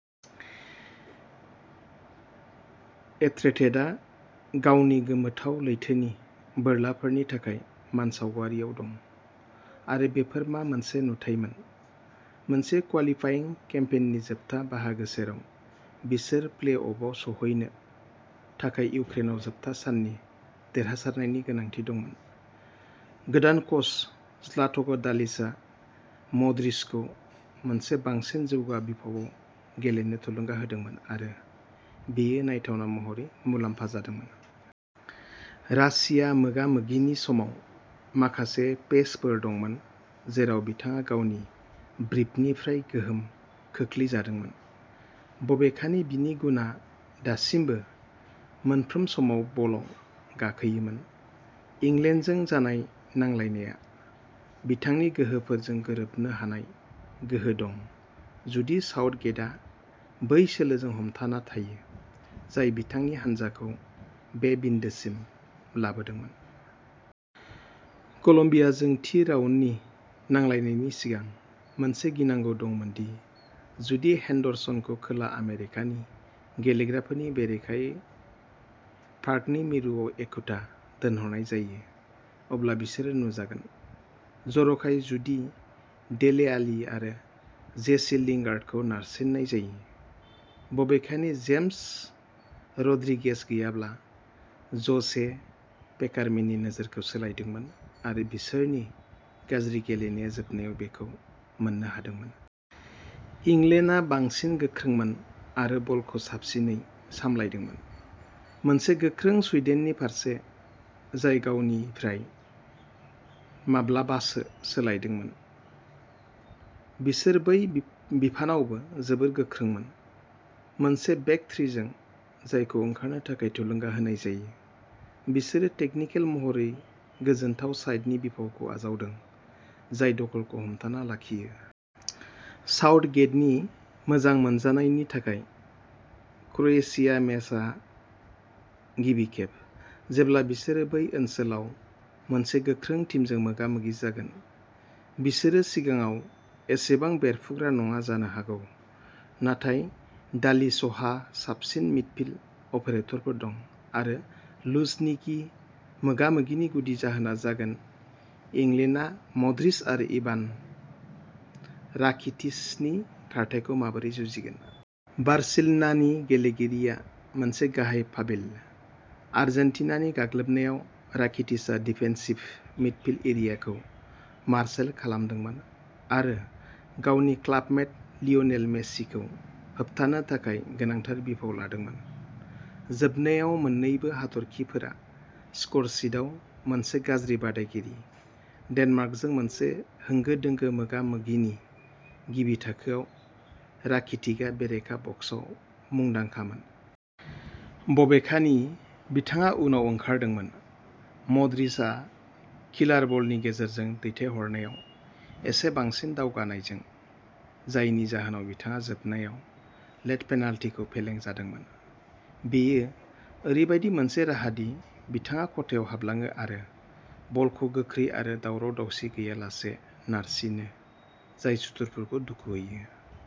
एट्रेटेटआ गावनि गोमोथाव लैथोनि बोरलाफोरनि थाखाय मानसावगारियाव दं, आरो बेफोर मा मोनसे नुथायमोन! मोनसे क्वालिफाइं केम्पेइननि जोबथा बाहागो जेराव बिसोर प्ले-अफआव सौहैनो थाखाय इउक्रेनाव जोबथा साननि देरहासारनायनि गोनांथि दंमोन, गोदान कच ज्लाटक'डालिचआ मद्रिचखौ मोनसे बांसिन जौगा बिफावआव गेलेनो थुलुंगा होदोंमोन आरो बेयो नायथावना महरै मुलाम्फा जादोंमोन। रासिया मोगा-मोगिनि समाव माखासे पैचफोर दंमोन जेराव बिथाङा गावनि ब्रिफनिफ्राय गोहोम खोख्लैजादोंमोन, बबेखानि बिनि गुनआ दासिमबो मोनफ्रोम समाव बलआव गाखोयोमोन। इंलेन्डजों जानाय नांलायनाया बिथांनि गोहोफोरजों गोरोबनो हानाय गोहो दं जुदि साउथगेटआ बै सोलोजों हमथाना थायो जाय बिथांनि हानजाखौ बे बिन्दोसिम लाबोदोंमोन। कलम्बियाजों थि राउन्डनि नांलायनायनि सिगां, मोनसे गिनांगौ दंमोन दि जुदि हेन्डरसनखौ खोला आमेरिकानि गेलेग्राफोरनि बेरेखायै पार्कनि मिरुआव एखुथा दोनहरनाय जायो अब्ला बिसोरो नुजागोन-जर'खायै जुदि डेले आलि आरो जेसि लिंगार्डखौ नारसिननाय जायो। बबेखानि, जेम्स रड्रिगेज गैयाब्ला ज'से पेकारमेननि नोजोरखौ सोलायदोंमोन आरो बिसोरनि गाज्रि गेलेनाया जोबनायाव बेखौ मोन्नो हादोंमोन। इंलेन्डआ बांसिन गोख्रोंमोन आरो बलखौ साबसिनै सामलायदोंमोन। मोनसे गोख्रों सुइडेननि फारसे, जाय गावनि - निफ्राय माब्लाबासो सोलायदोंमोन, बिसोर बै बिफानावबो जोबोद गोख्रोंमोन। मोनसे बेक थ्रिजों, जायखौ ओंखारनो थाखाय थुलुंगा होनाय जायो, बिसोरो टेकनिकेल महरै गोजोनथाव साइडनि बिफावखौ आजावदों, जाय दखलखौ हमथाना लाखियो। साउथगेटनि मोजां मोनजानाय नि थाखाय, क्र'येशिया मेचआ गिबि खेब, जेब्ला बिसोरो बै ओनसोलाव मोनसे गोख्रों टीमजों मोगा-मोगि जागोन। बिसोरो सिगाङाव एसेबां बेरफ्रुग्रा नङा जानो हागौ, नाथाय डालिचहा साबसिन मिडफील्ड अपारेटरफोर दं आरो लुझनिकि मोगा-मोगिनि गुदि जाहोना जागोन इंलेन्डआ मड्रिच आरो इभान राकिटिचनि खारथाइखौ माबोरै जुजिगोन। बार्सिल'नानि गेलेगिरिया मोनसे गाहाय फाविल। आर्जेन्टिनानि गाग्लोबनायाव, राकिटिचआ डिफेन्सिभ मिडफील्ड एरियाखौ मार्शोल खालामदोंमोन आरो गावनि क्लाबमेट लायनेल मेसिखौ होबथानो थाखाय गोनांथार बिफाव लादोंमोन। जोबनायाव, मोन्नैबो हाथरखिफोरा स्करशीटआव मोनसे गाज्रि बादायगिरि। डेनमार्कजों मोनसे होंगो-दोंगो मोगा-मोगिनि गिबि थाखोआव, राकिटिकआ बेरेखा बक्सआव मुंदांखामोन। बबेखानि, बिथाङा उनाव ओंखारदोंमोन, मड्रिचआ किलार बलनि गेजेरजों दैथायहरनायाव एसे बांसिन दावगानायजों, जायनि जाहोनाव बिथाङा जोबनायाव लेट पेनाल्टिखौ फेलें जादोंमोन। बेयो ओरैबायदि मोनसे राहा दि बिथाङा खथायाव हाबलाङो आरो बलखौ गोख्रै आरो दावराव-दावसि गैयालासे नारसिनो, जाय सुथुरफोरखौ दुखु होयो।